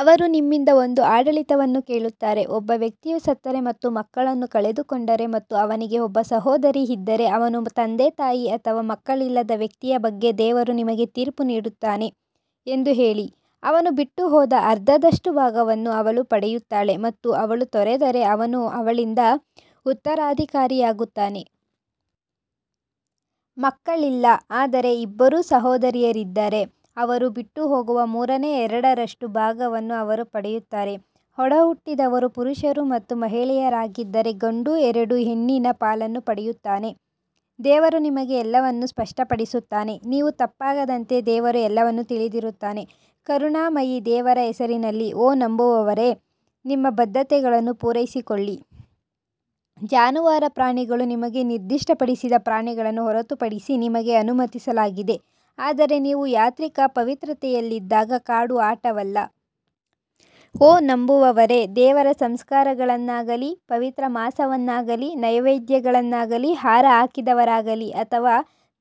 ಅವರು ನಿಮ್ಮಿಂದ ಒಂದು ಆಡಳಿತವನ್ನು ಕೇಳುತ್ತಾರೆ, ಒಬ್ಬ ವ್ಯಕ್ತಿಯು ಸತ್ತರೆ ಮತ್ತು ಮಕ್ಕಳನ್ನು ಕಳೆದುಕೊಂಡರೆ ಮತ್ತು ಅವನಿಗೆ ಒಬ್ಬ ಸಹೋದರಿ ಇದ್ದರೆ ಅವನು ತಂದೆತಾಯಿ ಅಥವಾ ಮಕ್ಕಳಿಲ್ಲದ ವ್ಯಕ್ತಿಯ ಬಗ್ಗೆ ದೇವರು ನಿಮಗೆ ತೀರ್ಪು ನೀಡುತ್ತಾನೆ ಎಂದು ಹೇಳಿ, ಅವನು ಬಿಟ್ಟುಹೋದ ಅರ್ಧದಷ್ಟು ಭಾಗವನ್ನು ಅವಳು ಪಡೆಯುತ್ತಾಳೆ ಮತ್ತು ಅವಳು ತೊರೆದರೆ ಅವನು ಅವಳಿಂದ ಉತ್ತರಾಧಿಕಾರಿಯಾಗುತ್ತಾನೆ. ಮಕ್ಕಳಿಲ್ಲ ಆದರೆ ಇಬ್ಬರು ಸಹೋದರಿಯರಿದ್ದರೆ ಅವರು ಬಿಟ್ಟುಹೋಗುವ ಮೂರನೇ ಎರಡರಷ್ಟು ಭಾಗವನ್ನು ಅವರು ಪಡೆಯುತ್ತಾರೆ, ಒಡಹುಟ್ಟಿದವರು ಪುರುಷರು ಮತ್ತು ಮಹಿಳೆಯರಾಗಿದ್ದರೆ ಗಂಡು ಎರಡು ಹೆಣ್ಣಿನ ಪಾಲನ್ನು ಪಡೆಯುತ್ತಾನೆ ದೇವರು ನಿಮಗೆ ಎಲ್ಲವನ್ನೂ ಸ್ಪಷ್ಟಪಡಿಸುತ್ತಾನೆ ನೀವು ತಪ್ಪಾಗದಂತೆ ದೇವರು ಎಲ್ಲವನ್ನೂ ತಿಳಿದಿರುತ್ತಾನೆ ಕರುಣಾಮಯಿ ದೇವರ ಹೆಸರಿನಲ್ಲಿ ಓ ನಂಬುವವರೇ, ನಿಮ್ಮ ಬದ್ಧತೆಗಳನ್ನು ಪೂರೈಸಿಕೊಳ್ಳಿ ಜಾನುವಾರು ಪ್ರಾಣಿಗಳು ನಿಮಗೆ ನಿರ್ದಿಷ್ಟಪಡಿಸಿದ ಪ್ರಾಣಿಗಳನ್ನು ಹೊರತುಪಡಿಸಿ ನಿಮಗೆ ಅನುಮತಿಸಲಾಗಿದೆ ಆದರೆ ನೀವು ಯಾತ್ರಿಕ ಪವಿತ್ರತೆಯಲ್ಲಿದ್ದಾಗ ಕಾಡು ಆಟವಲ್ಲ. ಓ ನಂಬುವವರೇ, ದೇವರ ಸಂಸ್ಕಾರಗಳನ್ನಾಗಲೀ, ಪವಿತ್ರ ಮಾಸವನ್ನಾಗಲೀ, ನೈವೇದ್ಯಗಳನ್ನಾಗಲೀ, ಹಾರ ಹಾಕಿದವರಾಗಲೀ ಅಥವಾ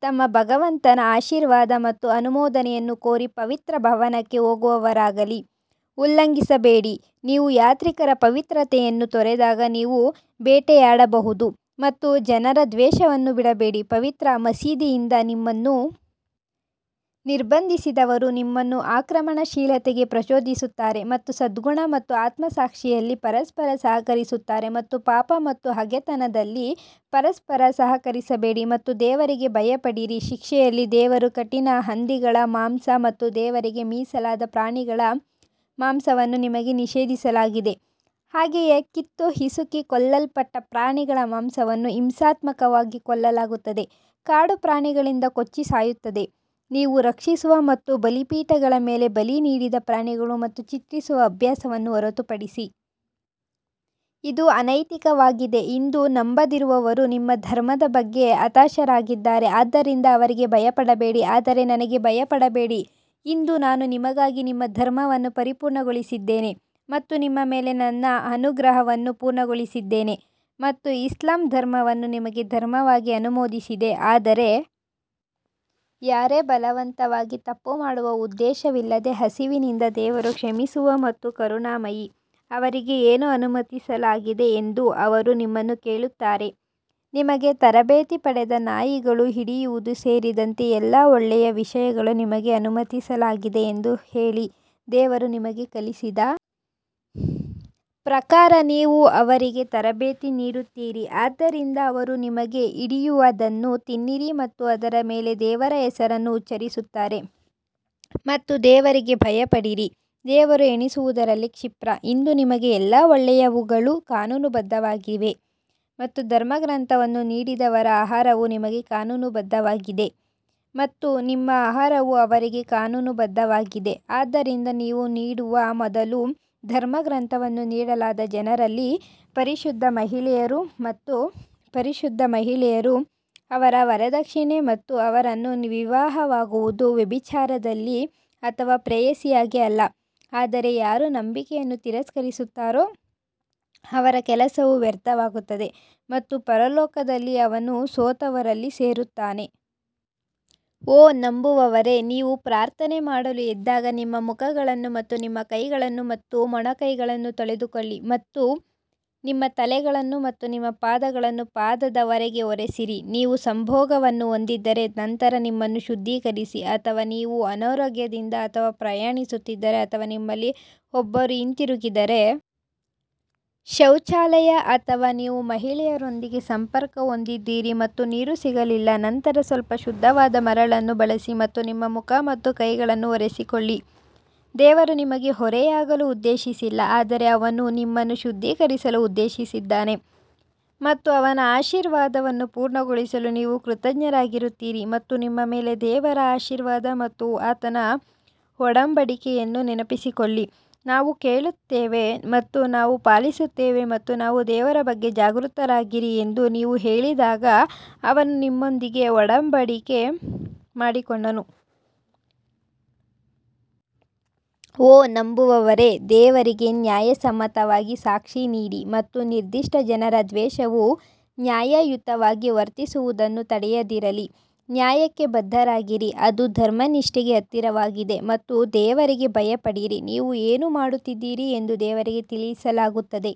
ತಮ್ಮ ಭಗವಂತನ ಆಶೀರ್ವಾದ ಮತ್ತು ಅನುಮೋದನೆಯನ್ನು ಕೋರಿ ಪವಿತ್ರ ಭವನಕ್ಕೆ ಹೋಗುವವರಾಗಲೀ ಉಲ್ಲಂಘಿಸಬೇಡಿ, ನೀವು ಯಾತ್ರಿಕರ ಪವಿತ್ರತೆಯನ್ನು ತೊರೆದಾಗ ನೀವು ಬೇಟೆಯಾಡಬಹುದು ಮತ್ತು ಜನರ ದ್ವೇಷವನ್ನು ಬಿಡಬೇಡಿ. ಪವಿತ್ರ ಮಸೀದಿಯಿಂದ ನಿಮ್ಮನ್ನು ನಿರ್ಬಂಧಿಸಿದವರು ನಿಮ್ಮನ್ನು ಆಕ್ರಮಣಶೀಲತೆಗೆ ಪ್ರಚೋದಿಸುತ್ತಾರೆ ಮತ್ತು ಸದ್ಗುಣ ಮತ್ತು ಆತ್ಮಸಾಕ್ಷಿಯಲ್ಲಿ ಪರಸ್ಪರ ಸಹಕರಿಸುತ್ತಾರೆ ಮತ್ತು ಪಾಪ ಮತ್ತು ಹಗೆತನದಲ್ಲಿ ಪರಸ್ಪರ ಸಹಕರಿಸಬೇಡಿ ಮತ್ತು ದೇವರಿಗೆ ಭಯಪಡಿರಿ ಶಿಕ್ಷೆಯಲ್ಲಿ ದೇವರು ಕಠಿಣ ಹಂದಿಗಳ ಮಾಂಸ ಮತ್ತು ದೇವರಿಗೆ ಮೀಸಲಾದ ಪ್ರಾಣಿಗಳ ಮಾಂಸವನ್ನು ನಿಮಗೆ ನಿಷೇಧಿಸಲಾಗಿದೆ, ಹಾಗೆಯೇ ಕತ್ತು ಹಿಸುಕಿ ಕೊಲ್ಲಲ್ಪಟ್ಟ ಪ್ರಾಣಿಗಳ ಮಾಂಸವನ್ನು ಹಿಂಸಾತ್ಮಕವಾಗಿ ಕೊಲ್ಲಲಾಗುತ್ತದೆ, ಕಾಡು ಪ್ರಾಣಿಗಳಿಂದ ಕೊಚ್ಚಿ ಸಾಯುತ್ತದೆ, ನೀವು ರಕ್ಷಿಸುವ ಮತ್ತು ಬಲಿಪೀಠಗಳ ಮೇಲೆ ಬಲಿ ನೀಡಿದ ಪ್ರಾಣಿಗಳು ಮತ್ತು ಚಿತ್ರಿಸುವ ಅಭ್ಯಾಸವನ್ನು ಹೊರತುಪಡಿಸಿ. ಇದು ಅನೈತಿಕವಾಗಿದೆ ಇಂದು ನಂಬದಿರುವವರು ನಿಮ್ಮ ಧರ್ಮದ ಬಗ್ಗೆ ಹತಾಶರಾಗಿದ್ದಾರೆ ಆದ್ದರಿಂದ ಅವರಿಗೆ ಭಯಪಡಬೇಡಿ ಆದರೆ ನನಗೆ ಭಯಪಡಬೇಡಿ ಇಂದು ನಾನು ನಿಮಗಾಗಿ ನಿಮ್ಮ ಧರ್ಮವನ್ನು ಪರಿಪೂರ್ಣಗೊಳಿಸಿದ್ದೇನೆ ಮತ್ತು ನಿಮ್ಮ ಮೇಲೆ ನನ್ನ ಅನುಗ್ರಹವನ್ನು ಪೂರ್ಣಗೊಳಿಸಿದ್ದೇನೆ ಮತ್ತು ಇಸ್ಲಾಂ ಧರ್ಮವನ್ನು ನಿಮಗೆ ಧರ್ಮವಾಗಿ ಅನುಮೋದಿಸಿದೆ ಆದರೆ ಯಾರೇ ಬಲವಂತವಾಗಿ ತಪ್ಪು ಮಾಡುವ ಉದ್ದೇಶವಿಲ್ಲದೆ ಹಸಿವಿನಿಂದ ದೇವರು ಕ್ಷಮಿಸುವ ಮತ್ತು ಕರುಣಾಮಯಿ ಅವರಿಗೆ ಏನು ಅನುಮತಿಸಲಾಗಿದೆ ಎಂದು ಅವರು ನಿಮ್ಮನ್ನು ಕೇಳುತ್ತಾರೆ, ನಿಮಗೆ ತರಬೇತಿ ಪಡೆದ ನಾಯಿಗಳು ಹಿಡಿಯುವುದು ಸೇರಿದಂತೆ ಎಲ್ಲಾ ಒಳ್ಳೆಯ ವಿಷಯಗಳು ನಿಮಗೆ ಅನುಮತಿಸಲಾಗಿದೆ ಎಂದು ಹೇಳಿ, ದೇವರು ನಿಮಗೆ ಕಲಿಸಿದ ಪ್ರಕಾರ ನೀವು ಅವರಿಗೆ ತರಬೇತಿ ನೀಡುತ್ತೀರಿ ಆದ್ದರಿಂದ ಅವರು ನಿಮಗೆ ಹಿಡಿಯುವದನ್ನು ತಿನ್ನಿರಿ ಮತ್ತು ಅದರ ಮೇಲೆ ದೇವರ ಹೆಸರನ್ನು ಉಚ್ಚರಿಸುತ್ತಾರೆ ಮತ್ತು ದೇವರಿಗೆ ಭಯಪಡಿರಿ ದೇವರು ಎಣಿಸುವುದರಲ್ಲಿ ಕ್ಷಿಪ್ರ ಇಂದು ನಿಮಗೆ ಎಲ್ಲಾ ಒಳ್ಳೆಯವುಗಳು ಕಾನೂನುಬದ್ಧವಾಗಿವೆ ಮತ್ತು ಧರ್ಮಗ್ರಂಥವನ್ನು ನೀಡಿದವರ ಆಹಾರವು ನಿಮಗೆ ಕಾನೂನುಬದ್ಧವಾಗಿದೆ ಮತ್ತು ನಿಮ್ಮ ಆಹಾರವು ಅವರಿಗೆ ಕಾನೂನುಬದ್ಧವಾಗಿದೆ ಆದ್ದರಿಂದ ನೀವು ನೀಡುವ ಮೊದಲು ಧರ್ಮಗ್ರಂಥವನ್ನು ನೀಡಲಾದ ಜನರಲ್ಲಿ ಪರಿಶುದ್ಧ ಮಹಿಳೆಯರು ಮತ್ತು ಪರಿಶುದ್ಧ ಮಹಿಳೆಯರು ಅವರ ವರದಕ್ಷಿಣೆ ಮತ್ತು ಅವರನ್ನು ವಿವಾಹವಾಗುವುದು ವ್ಯಭಿಚಾರದಲ್ಲಿ ಅಥವಾ ಪ್ರೇಯಸಿಯಾಗಿ ಅಲ್ಲ ಆದರೆ ಯಾರು ನಂಬಿಕೆಯನ್ನು ತಿರಸ್ಕರಿಸುತ್ತಾರೋ ಅವರ ಕೆಲಸವು ವ್ಯರ್ಥವಾಗುತ್ತದೆ ಮತ್ತು ಪರಲೋಕದಲ್ಲಿ ಅವನು ಸೋತವರಲ್ಲಿ ಸೇರುತ್ತಾನೆ. ಓ ನಂಬುವವರೇ, ನೀವು ಪ್ರಾರ್ಥನೆ ಮಾಡಲು ಎದ್ದಾಗ ನಿಮ್ಮ ಮುಖಗಳನ್ನು ಮತ್ತು ನಿಮ್ಮ ಕೈಗಳನ್ನು ಮತ್ತು ಮೊಣಕೈಗಳನ್ನು ತೊಳೆದುಕೊಳ್ಳಿ ಮತ್ತು ನಿಮ್ಮ ತಲೆಗಳನ್ನು ಮತ್ತು ನಿಮ್ಮ ಪಾದಗಳನ್ನು ಪಾದದವರೆಗೆ ಒರೆಸಿರಿ, ನೀವು ಸಂಭೋಗವನ್ನು ಹೊಂದಿದ್ದರೆ ನಂತರ ನಿಮ್ಮನ್ನು ಶುದ್ಧೀಕರಿಸಿ ಅಥವಾ ನೀವು ಅನಾರೋಗ್ಯದಿಂದ ಅಥವಾ ಪ್ರಯಾಣಿಸುತ್ತಿದ್ದರೆ ಅಥವಾ ನಿಮ್ಮಲ್ಲಿ ಒಬ್ಬರು ಹಿಂತಿರುಗಿದರೆ. ಶೌಚಾಲಯ ಅಥವಾ ನೀವು ಮಹಿಳೆಯರೊಂದಿಗೆ ಸಂಪರ್ಕ ಹೊಂದಿದ್ದೀರಿ ಮತ್ತು ನೀರು ಸಿಗಲಿಲ್ಲ ನಂತರ ಸ್ವಲ್ಪ ಶುದ್ಧವಾದ ಮರಳನ್ನು ಬಳಸಿ ಮತ್ತು ನಿಮ್ಮ ಮುಖ ಮತ್ತು ಕೈಗಳನ್ನು ಒರೆಸಿಕೊಳ್ಳಿ ದೇವರು ನಿಮಗೆ ಹೊರೆಯಾಗಲು ಉದ್ದೇಶಿಸಿಲ್ಲ ಆದರೆ ಅವನು ನಿಮ್ಮನ್ನು ಶುದ್ಧೀಕರಿಸಲು ಉದ್ದೇಶಿಸಿದ್ದಾನೆ ಮತ್ತು ಅವನ ಆಶೀರ್ವಾದವನ್ನು ಪೂರ್ಣಗೊಳಿಸಲು ನೀವು ಕೃತಜ್ಞರಾಗಿರುತ್ತೀರಿ ಮತ್ತು ನಿಮ್ಮ ಮೇಲೆ ದೇವರ ಆಶೀರ್ವಾದ ಮತ್ತು ಆತನ ಒಡಂಬಡಿಕೆಯನ್ನು ನೆನಪಿಸಿಕೊಳ್ಳಿ, ನಾವು ಕೇಳುತ್ತೇವೆ ಮತ್ತು ನಾವು ಪಾಲಿಸುತ್ತೇವೆ ಮತ್ತು ದೇವರ ಬಗ್ಗೆ ಜಾಗೃತರಾಗಿರಿ ಎಂದು ನೀವು ಹೇಳಿದಾಗ ಅವನು ನಿಮ್ಮೊಂದಿಗೆ ಒಡಂಬಡಿಕೆ ಮಾಡಿಕೊಂಡನು. ಓ ನಂಬುವವರೇ, ದೇವರಿಗೆ ನ್ಯಾಯಸಮ್ಮತವಾಗಿ ಸಾಕ್ಷಿನೀಡಿ ಮತ್ತು ನಿರ್ದಿಷ್ಟ ಜನರ ದ್ವೇಷವು ನ್ಯಾಯಯುತವಾಗಿ ವರ್ತಿಸುವುದನ್ನು ತಡೆಯದಿರಲಿ, ನ್ಯಾಯಕ್ಕೆ ಬದ್ಧರಾಗಿರಿ ಅದು ಧರ್ಮನಿಷ್ಠೆಗೆ ಹತ್ತಿರವಾಗಿದೆ ಮತ್ತು ದೇವರಿಗೆ ಭಯಪಡಿರಿ ನೀವು ಏನು ಮಾಡುತ್ತಿದ್ದೀರಿ ಎಂದು ದೇವರಿಗೆ ತಿಳಿಸಲಾಗುತ್ತದೆ.